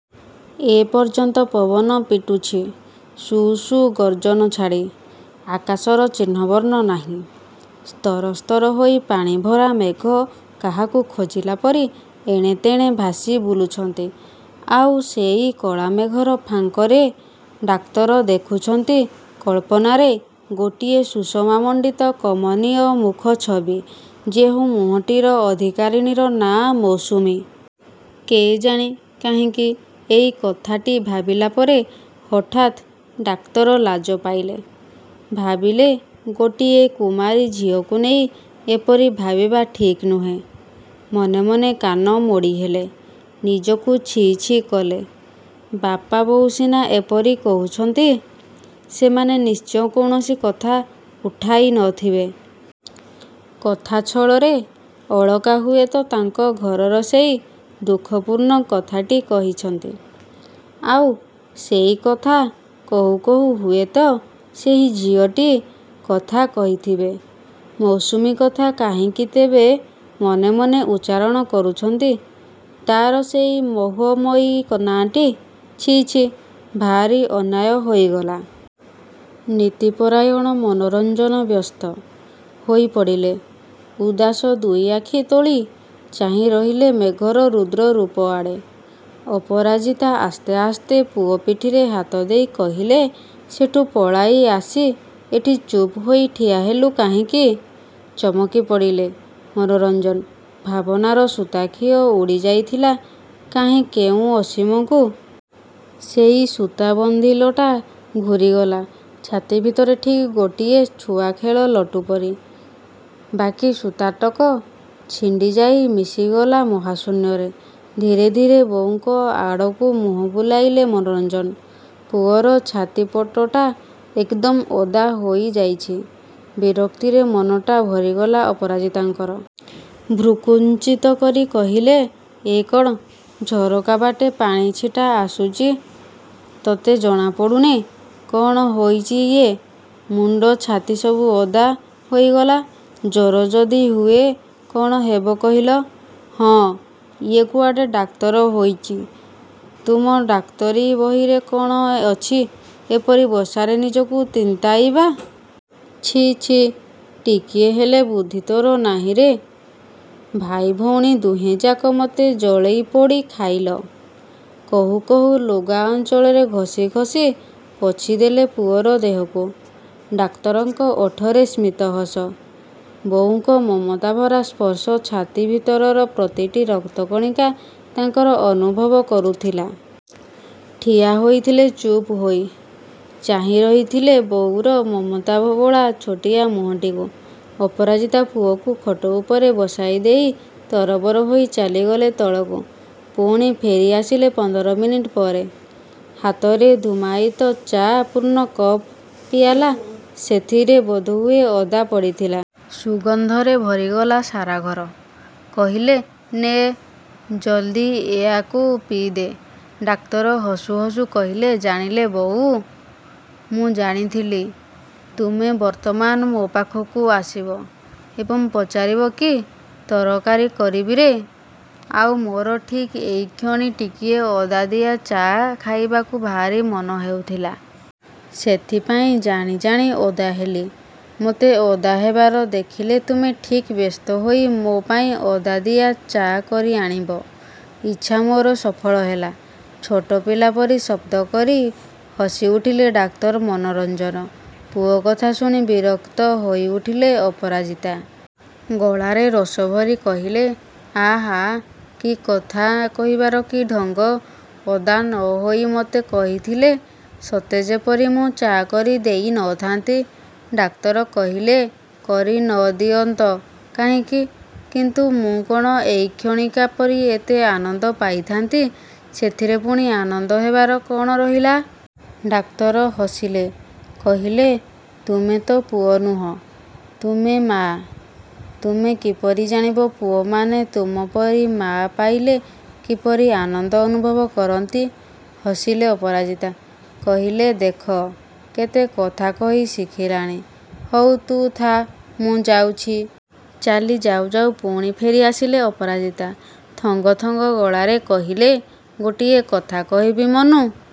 ଏପର୍ଯ୍ୟନ୍ତ ପବନ ପିଟୁଛି। ସୁ, ସୁ, ଗର୍ଜନ ଛାଡ଼ି। ଆକାଶର ଚିହ୍ନ ବର୍ଣ୍ଣ ନାହିଁ। ସ୍ତର ସ୍ତର ହୋଇ ପାଣିଭରା ମେଘ କାହାକୁ ଖୋଜିଲାପରି ଏଣେତେଣେ ଭାସି ବୁଲୁଛନ୍ତି। ଆଉ ସେଇ କଳାମେଘର ଫାଙ୍କରେ ଡାକ୍ତର ଦେଖୁଛନ୍ତି କଳ୍ପନାରେ ଗୋଟିଏ ସୁଷମାମଣ୍ଡିତ କମନୀୟ ମୁଖଛବି। ଯେଉଁ ମୁହଁଟିର ଅଧିକାରିଣୀର ନାଆଁ ମୌସୁମୀ। କେଜାଣି କାହିଁକି ଏଇ କଥାଟି ଭାବିଲାପରେ ହଠାତ୍ ଡାକ୍ତର ଲାଜ ପାଇଲେ। ଭାବିଲେ ଗୋଟିଏ କୁମାରୀ ଝିଅକୁ ନେଇ ଏପରି ଭାବିବା ଠିକ୍ ନୁହେଁ। ମନେ ମନେ କାନ ମୋଡ଼ିହେଲେ। ନିଜକୁ ଛି ଛି କଲେ। ବାପା ବୋଉ ସିନା ଏପରି କହୁଛନ୍ତି। ସେମାନେ ନିଶ୍ଚୟ କୌଣସି କଥା ଉଠାଇନଥିବେ। କଥାଛଳରେ ଅଳକା ହୁଏତ ତାଙ୍କ ଘରର ସେଇ ଦୁଃଖପୂର୍ଣ୍ଣ କଥାଟି କହିଛନ୍ତି। ଆଉ ସେଇ କଥା କହୁ କହୁ ହୁଏତ ସେଇ ଝିଅଟି କଥା କହିଥିବେ। ମୌସୁମୀ କଥା କାହିଁକି ତେବେ ମନେ ମନେ ଉଚ୍ଚାରଣ କରୁଛନ୍ତି ତା'ର ସେଇ ମୌହମୟୀ ନାଁଟିକୁ। ଛି ଛି, ଭାରି ଅନ୍ୟାୟ ହୋଇଗଲା। ନୀତିପରାୟଣ ମନୋରଞ୍ଜନ ବ୍ୟସ୍ତ ହୋଇପଡ଼ିଲେ। ଉଦାସ ଦୁଇଆଖି ତୋଳି ଚାହିଁରହିଲେ ମେଘର ରୁଦ୍ର ରୂପଆଡ଼େ। ଅପରାଜିତା ଆସ୍ତେ ଆସ୍ତେ ପୁଅ ପିଠିରେ ହାତଦେଇ କହିଲେ ସେଠୁ ପଳାଇଆସି ଏଠି ଚୁପ୍ ହୋଇ ଠିଆ ହେଲୁ କାହିଁକି? ଚମକିପଡ଼ିଲେ ମନୋରଞ୍ଜନ। ଭାବନାର ସୁତାଖିଅ ଉଡ଼ିଯାଇଥିଲା କାହିଁ କେଉଁ ଅସୀମକୁ। ସେଇ ସୁତା ବନ୍ଧିଲଟା ଘୂରିଗଲା ଛାତିଭିତରେ ଠିକ୍ ଗୋଟିଏ ଛୁଆ ଖେଳ ଲଟୁ ପରି। ବାକି ସୁତାଟକ ଛିଣ୍ଡିଯାଇ ମିଶିଗଲା ମହାଶୂନ୍ୟରେ। ଧୀରେ ଧୀରେ ବୋଉଙ୍କ ଆଡ଼କୁ ମୁହଁ ବୁଲାଇଲେ ମନୋରଞ୍ଜନ। ପୁଅର ଛାତି ପଟଟା ଏକଦମ୍ ଓଦା ହୋଇଯାଇଛି। ବିରକ୍ତିରେ ମନଟା ଭରିଗଲା ଅପରାଜିତାଙ୍କର। ଭ୍ରୂକୁଞ୍ଚିତ କରି କହିଲେ ଏ କ'ଣ? ଝରକାବାଟେ ପାଣି ଛିଟା ଆସୁଛି। ତତେ ଜଣାପଡ଼ୁନି? କ'ଣ ହୋଇଛି ଇଏ? ମୁଣ୍ଡ, ଛାତି ସବୁ ଓଦା ହୋଇଗଲା। ଜ୍ୱର ଯଦି ହୁଏ କ'ଣ ହେବ କହିଲ? ହୁଁ, ଇଏ କୁଆଡ଼େ ଡାକ୍ତର ହୋଇଛି। ତୁମ ଡାକ୍ତରି ବହିରେ କ'ଣ ଅଛି ଏପରି ବର୍ଷାରେ ନିଜକୁ ତିନ୍ତାଇବା। ଛି ଛି, ଟିକିଏ ହେଲେ ବୁଦ୍ଧି ତୋର ନାହିଁରେ? ଭାଇ ଭଉଣୀ ଦୁହେଁଯାକ ମୋତେ ଜଳେଇପୋଡ଼ି ଖାଇଲ। କହୁ କହୁ ଲୁଗା ଅଞ୍ଚଳରେ ଘସି ଘସି ପୋଛିଦେଲେ ପୁଅର ଦେହକୁ। ଡାକ୍ତରଙ୍କ ଓଠରେ ସ୍ମିତ ହସ। ବୋଉଙ୍କ ମମତା ଭରା ସ୍ପର୍ଶ ଛାତି ଭିତରର ପ୍ରତିଟି ରକ୍ତକଣିକା ତାଙ୍କର ଅନୁଭବ କରୁଥିଲା। ଠିଆ ହୋଇଥିଲେ ଚୁପ୍ ହୋଇ। ଚାହିଁ ରହିଥିଲେ ବୋଉଙ୍କର ମମତା ବୋଳା ଛୋଟିଆ ମୁହଁଟିକୁ। ଅପରାଜିତା ପୁଅକୁ ଖଟ ଉପରେ ବସାଇଦେଇ ତରତର ହୋଇ ଚାଲିଗଲେ ତଳକୁ। ପୁଣି ଫେରିଆସିଲେ ପନ୍ଦର ମିନିଟ୍ ପରେ। ହାତରେ ଧୂମାୟିତ ଚା ପୂର୍ଣ୍ଣ କପ୍ ପିଆଲା। ସେଥିରେ ବୋଧହୁଏ ଅଦା ପଡ଼ିଥିଲା। ସୁଗନ୍ଧରେ ଭରିଗଲା ସାରା ଘର। କହିଲେ ନେ ଜଲଦି ଏଇଆକୁ ପିଇଦେ। ଡାକ୍ତର ହସୁ ହସୁ କହିଲେ ଜାଣିଲେ ବୋଉ, ମୁଁ ଜାଣିଥିଲି। ତୁମେ ବର୍ତ୍ତମାନ ମୋ ପାଖକୁ ଆସିବ। ଏବଂ ପଚାରିବ କି ତରକାରୀ କରିବିରେ! ଆଉ ମୋର ଠିକ୍ ଏଇକ୍ଷଣି ଟିକିଏ ଅଦାଦିଆ ଚା ଖାଇବାକୁ ଭାରି ମନହେଉଥିଲା। ସେଥିପାଇଁ ଜାଣି ଜାଣି ଓଦା ହେଲି। ମୋତେ ଓଦା ହେବାର ଦେଖିଲେ ତୁମେ ଠିକ୍ ବ୍ୟସ୍ତହୋଇ ମୋ ପାଇଁ ଅଦାଦିଆ ଚା କରିଆଣିବ। ଇଚ୍ଛା ମୋର ସଫଳ ହେଲା। ଛୋଟ ପିଲା ପରି ଶବ୍ଦ କରି ହସିଉଠିଲେ ଡାକ୍ତର ମନୋରଞ୍ଜନ। ପୁଅ କଥା ଶୁଣି ବିରକ୍ତ ହୋଇଉଠିଲେ ଅପରାଜିତା। ଗଳାରେ ରୋଷଭରି କହିଲେ–ଆହାଃ, କଥା କହିବାର କି ଢଙ୍ଗ! ଓଦା ନହୋଇ ମୋତେ କହିଥିଲେ ସତେଯେପରି ମୁଁ ଚା କରି ଦେଇନଥାନ୍ତି। ଡାକ୍ତର କହିଲେ କରି ନଦିଅନ୍ତ କାହିଁକି? କିନ୍ତୁ ମୁଁ କ'ଣ ଏଇକ୍ଷଣିକା ପରି ଏତେ ଆନନ୍ଦ ପାଇଥାନ୍ତି। ଏଥିରେ ପୁଣି ଆନନ୍ଦ ହେବାର କ'ଣ ରହିଲା? ଡାକ୍ତର ହସିଲେ, କହିଲେ ତୁମେ ତ ପୁଅ ନୁହଁ। ତୁମେ ମାଆ। ତୁମେ କିପରି ଜାଣିବ ପୁଅମାନେ ତୁମ ପରି ମାଆ ପାଇଲେ କିପରି ଆନନ୍ଦ ଅନୁଭବ କରନ୍ତି। ହସିଲେ ଅପରାଜିତା। କହିଲେ ଦେଖ, କେତେ କଥା କହି ଶିଖିଲାଣି। ହଉ ତୁ ଥାଆ, ମୁଁ ଯାଉଛି। ଚାଲି ଯାଉ ଯାଉ ପୁଣି ଫେରିଆସିଲେ ଅପରାଜିତା। ଥଙ୍ଗ ଥଙ୍ଗ ଗଳାରେ କହିଲେ, ଗୋଟିଏ କଥା କହିବି ମନୁ?